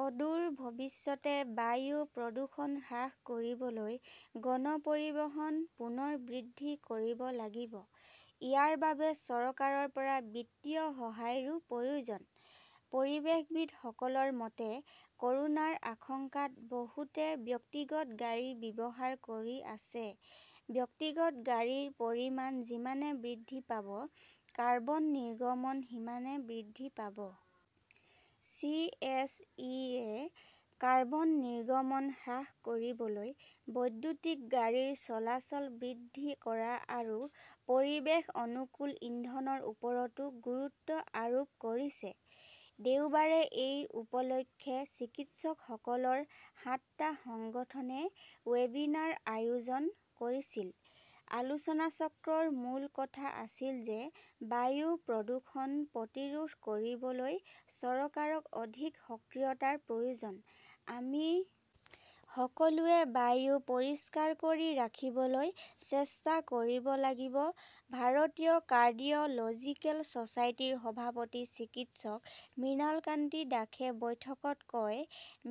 অদূৰ ভৱিষ্যতে বায়ু প্ৰদূষণ হ্ৰাস কৰিবলৈ গণ পৰিবহণ পুনৰ বৃদ্ধি কৰিব লাগিব। ইয়াৰ বাবে চৰকাৰৰ পৰা বিত্তীয় সহায়ৰো প্ৰয়োজন। পৰিৱেশবিদসকলৰ মতে, কৰোনাৰ আশংকাত বহুতে ব্যক্তিগত গাড়ী ব্যৱহাৰ কৰি আছে। ব্যক্তিগত গাড়ীৰ পৰিমাণ যিমানে বৃদ্ধি পাব, কাৰ্বন নিৰ্গমন সিমানে বৃদ্ধি পাব। চি. এছ. ই. -য়ে কাৰ্বন নিৰ্গমন হ্ৰাস কৰিবলৈ বৈদ্যুতিক গাড়ীৰ চলাচল বৃদ্ধি কৰা আৰু পৰিৱেশ অনুকূল ইন্ধনৰ ওপৰতো গুৰুত্ব আৰোপ কৰিছে। দেওবাৰে এই উপলক্ষে চিকিৎসকসকলৰ সাতটা সংগঠনে ৱেবিনাৰ আয়োজন কৰিছিল। আলোচনাচক্ৰৰ মূল কথা আছিল যে বায়ু প্ৰদূষণ প্ৰতিৰোধ কৰিবলৈ চৰকাৰক অধিক সক্ৰিয়তাৰ প্ৰয়োজন। আমি সকলোৱে বায়ু পৰিষ্কাৰ কৰি ৰাখিবলৈ চেষ্টা কৰিব লাগিব, ভাৰতীয় কাৰ্ডিয় লজিকেল ছচাইটিৰ সভাপতি চিকিৎসক মৃণালকান্তি দাসে বৈঠকত কয়,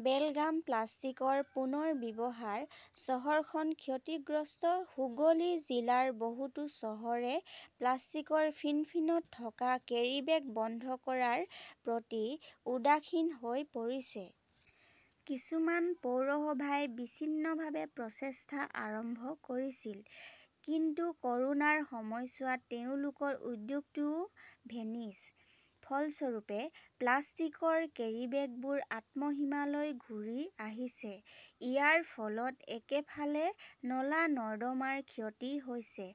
বেলগাম প্লাষ্টিকৰ পুনৰ ব্যৱহাৰ, চহৰখন ক্ষতিগ্ৰস্ত হুগলী জিলাৰ বহুতো চহৰে প্লাষ্টিকৰ ফিনফিনত থকা কেৰীবেগ বন্ধ কৰাৰ প্ৰতি উদাসীন হৈ পৰিছে। কিছুমান পৌৰসভাই বিচ্ছিন্নভাৱে প্ৰচেষ্টা আৰম্ভ কৰিছিল। কিন্তু কৰোনাৰ সময়ছোৱাত তেওঁলোকৰ উদ্যোগটোও 'ভেনিছ। ফলস্বৰূপে, প্লাষ্টিকৰ কেৰীবেগবোৰ আত্মহিমালৈ ঘূৰি আহিছে। ইয়াৰ ফলত একেফালে নলা-নৰ্দমাৰ ক্ষতি হৈছে,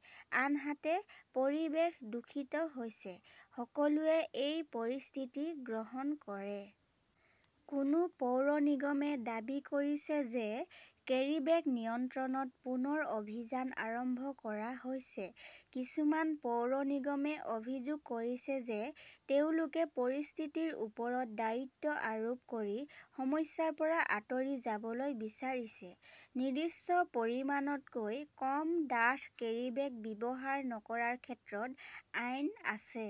আনহাতে পৰিৱেশ দূষিত হৈছে। সকলোৱে এই পৰিস্থিতি গ্ৰহণ কৰে। কোনো পৌৰ নিগমে দাবী কৰিছে যে কেৰীবেগ নিয়ন্ত্ৰণত পুনৰ অভিযান আৰম্ভ কৰা হৈছে। কিছুমান পৌৰ নিগমে অভিযোগ কৰিছে যে তেওঁলোকে পৰিস্থিতিৰ ওপৰত দায়িত্ব আৰোপ কৰি সমস্যাৰ পৰা আঁতৰি যাবলৈ বিচাৰিছে। নিৰ্দিষ্ট পৰিমাণতকৈ কম ডাঠ কেৰীবেগ ব্যৱহাৰ নকৰাৰ ক্ষেত্ৰত আইন আছে।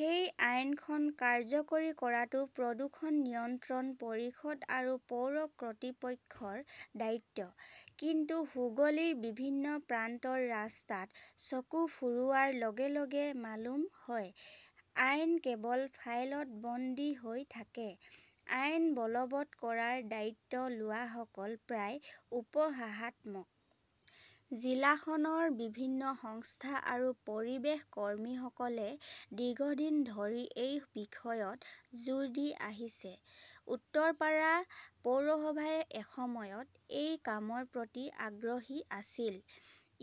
সেই আইনখন কাৰ্যকৰী কৰাটো প্ৰদূষণ নিয়ন্ত্ৰণ পৰিষদ আৰু পৌৰ কৰ্তৃপক্ষৰ দায়িত্ব। কিন্তু হুগলীৰ বিভিন্ন প্ৰান্তৰ ৰাস্তাত চকু ফুৰোৱাৰ লগে-লগে মালুম হয়, আইন কেৱল ফাইলত বন্দী হৈ থাকে। আইন বলৱৎ কৰাৰ দায়িত্ব লোৱাসকল প্ৰায় উপহাসাত্মক। জিলাখনৰ বিভিন্ন সংস্থা আৰু পৰিৱেশ কৰ্মীসকলে দীৰ্ঘদিন ধৰি এই বিষয়ত জোৰ দি আহিছে। উত্তৰপাৰা পৌৰসভাই এসময়ত এই কামৰ প্ৰতি আগ্ৰহী আছিল।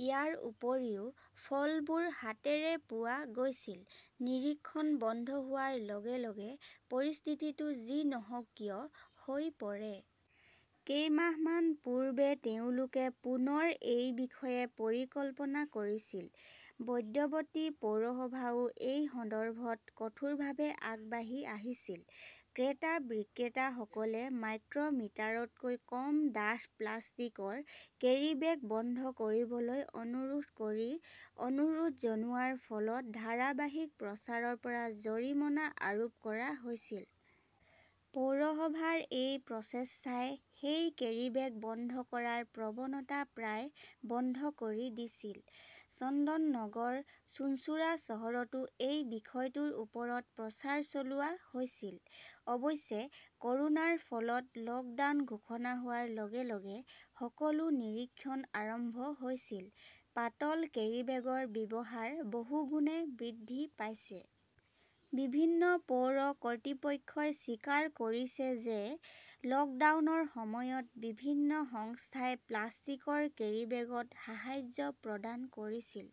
ইয়াৰ উপৰিও ফলবোৰ হাতেৰে পোৱা গৈছিল। নিৰীক্ষণ বন্ধ হোৱাৰ লগে -লগে পৰিস্থিতিটো যি নহওক কিয় হৈ পৰে। কেইমাহমান পূৰ্বে তেওঁলোকে পুনৰ এই বিষয়ে পৰিকল্পনা কৰিছিল। বৈদ্যবতী পৌৰসভাও এই সন্দৰ্ভত কঠোৰভাৱে আগবাঢ়ি আহিছিল। ক্ৰেতা-বিক্ৰেতাসকলে মাইক্ৰ মিটাৰতকৈ কম ডাঠ প্লাষ্টিকৰ কেৰীবেগ বন্ধ কৰিবলৈ অনুৰোধ কৰি অনুৰোধ জনোৱাৰ ফলত ধাৰাবাহিক প্ৰচাৰৰ পৰা জৰিমনা আৰোপ কৰা হৈছিল। পৌৰসভাৰ এই প্ৰচেষ্টাই সেই কেৰীবেগ বন্ধ কৰাৰ প্ৰৱণতা প্ৰায় বন্ধ কৰি দিছিল। চন্দননগৰ, চুঞ্চুৰা চহৰতো এই বিষয়টোৰ ওপৰত প্ৰচাৰ চলোৱা হৈছিল। অৱশ্যে, কৰোনাৰ ফলত লকডাউন ঘোষণা হোৱাৰ লগে-লগে সকলো নিৰীক্ষণ আৰম্ভ হৈছিল। পাতল কেৰীবেগৰ ব্যৱহাৰ বহুগুণে বৃদ্ধি পাইছে। বিভিন্ন পৌৰ কৰ্তৃপক্ষই স্বীকাৰ কৰিছে যে লকডাউনৰ সময়ত বিভিন্ন সংস্থাই প্লাষ্টিকৰ কেৰীবেগত সাহায্য প্ৰদান কৰিছিল।